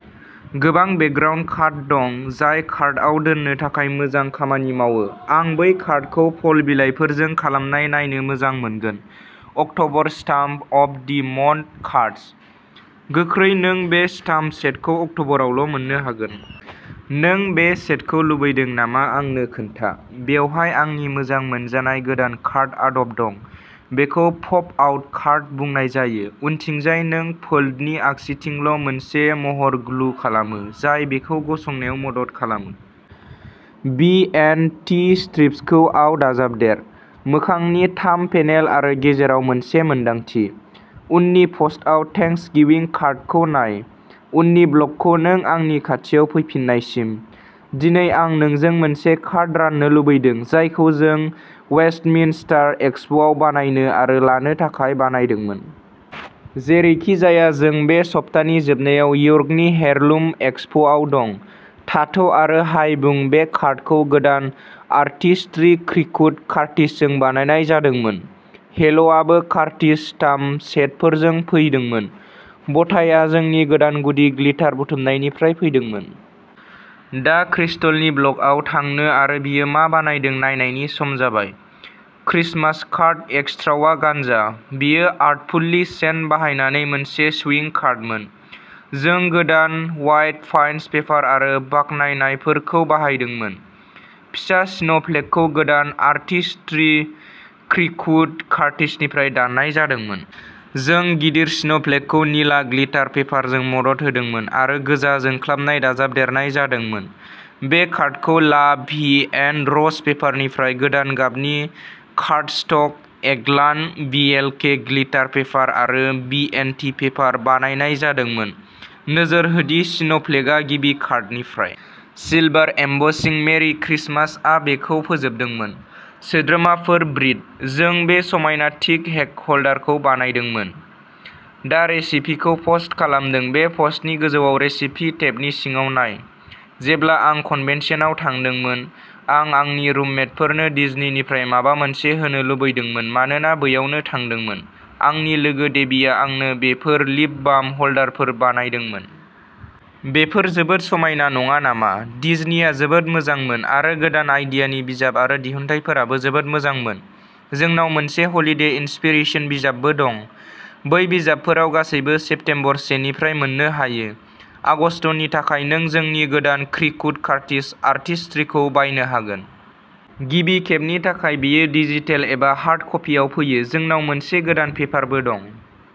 गोबां बेकग्राउन्ड काट दं जाय कार्डआव दोननो थाखाय मोजां खामानि मावो। आं बै कार्डखौ फल बिलाइफोरजों खालामनाय नायनो मोजां मोनगोन। October stamp of the month cards. गोख्रै नों बे स्टाम्प सेटखौ अक्ट'बरावल' मोन्नो हागोन। नों बे सेटखौ लुबैदों नामा आंनो खोन्था। बेवहाय आंनि मोजां मोनजानाय गोदान कार्ड आदब दं। बेखौ पप आउट कार्ड बुंनाय जायो। उनथिंजाय नों फोल्डनि आगसिथिंल' मोनसे महर ग्लु खालामो, जाय बेखौ गसंनायाव मदद खालामो। बि एन्ड टी स्ट्रिप्सखौ आव दाजाबदेर। मोखांनि थाम पेनेल आरो गेजेराव मोनसे मोनदांथि। उननि पस्टआव थेंक्सगिविं कार्डखौ नाय। उननि ब्लगखौ नों आंनि खाथियाव फैफिन्नायसिम। दिनै आं नोंजों मोनसे कार्ड राननो लुबैदों जायखौ जों वेस्टमिन्स्टार एक्सपोआव बानायनो आरो लानो थाखाय बानायदोंमोन। जेरैखिजाया जों बे सप्तानि जोबनायाव यर्कनि हेरलुम एक्सपोआव दं। थाथ' आरो हाय बुं बे कार्डखौ गोदान आर्टिस्ट्रि क्रिकुट कार्ट्रिजजों बानायनाय जादोंमोन। हेल'आबो कार्ट्रिज स्टाम्प सेटफोरजों फैदोंमोन। ब'टाइआ जोंनि गोदान गुदि ग्लिटार बुथुमनायनिफ्राय फैदोंमोन। दा क्रिस्टलनि ब्लगआव थांनो आरो बियो मा बानायदों नायनायनि सम जाबाय। क्रिसमास कार्ड एक्स्ट्रावा गानजा। बेयो आर्टफुल्लि सेन्ट बाहायनानै मोनसे स्विंग कार्डमोन। जों गोदान व्हाइट पाइन्स पेपार आरो बाखनायनायफोरखौ बाहायदोंमोन। फिसा स्नोफ्लेकखौ गोदान आर्टिस्ट्रि क्रिकुट कार्ट्रिजनिफ्राय दाननाय जादोंमोन। जों गिदिर स्नोफ्लेकखौ निला ग्लिटार पेपारजों मदद होदोंमोन आरो गोजा जोंख्लाबनाय दाजाबदेरनाय जादोंमोन। बे कार्डखौ ला भि एन र'ज पेपारनिफ्राय गोदान गाबनि कार्डस्टक एगलान्ट, बिएलके ग्लिटार पेपार आरो बिएन्डटि पेपार बानायनाय जादोंमोन। नोजोर हो दि स्नोफ्लेकआ गिबि कार्डनिफ्राय। सिलभार एमबसिं, मेरि क्रिसमासआ बेखौ फोजोबदोंमोन। सोद्रोमाफोर, ब्रिट। जों बे समायना टिक हेक ह'ल्डारखौ बानायदोंमोन। दा रेसिपिखौ पस्ट खालामदों बे पस्टनि गोजौआव रेसिपि टेबनि सिङाव नाय। जेब्ला आं कन्भेन्सनआव थांदोंमोन, आं आंनि रुममेटफोरनो डिज्नीनिफ्राय माबा मोनसे होनो लुबैदोंमोन मानोना बैयावनो थादोंमोन, आंनि लोगो डेबीआ आंनो बेफोर लिप बाम ह'ल्डारफोर बानायदोंमोन। बेफोर जोबोद समायना नङा नामा? डिज्नीआ जोबोद मोजांमोन आरो गोदान आइडियानि बिजाब आरो दिहुनथायफोराबो जोबोद मोजांमोन। जोंनाव मोनसे हलिडे इन्सपिरेसन बिजाबबो दं। बै बिजाबफोराव गासैबो सेप्टेम्बर से निफ्राय मोननो हायो। आगस्तनि थाखाय नों जोंनि गोदान क्रिकुट कार्ट्रिज आर्टिस्ट्रीखौ बायनो हागोन। गिबि खेबनि थाखाय बेयो डिजिटेल एबा हार्ड कपिआव फैयो। जोंनाव मोनसे गोदान पेपारबो दं।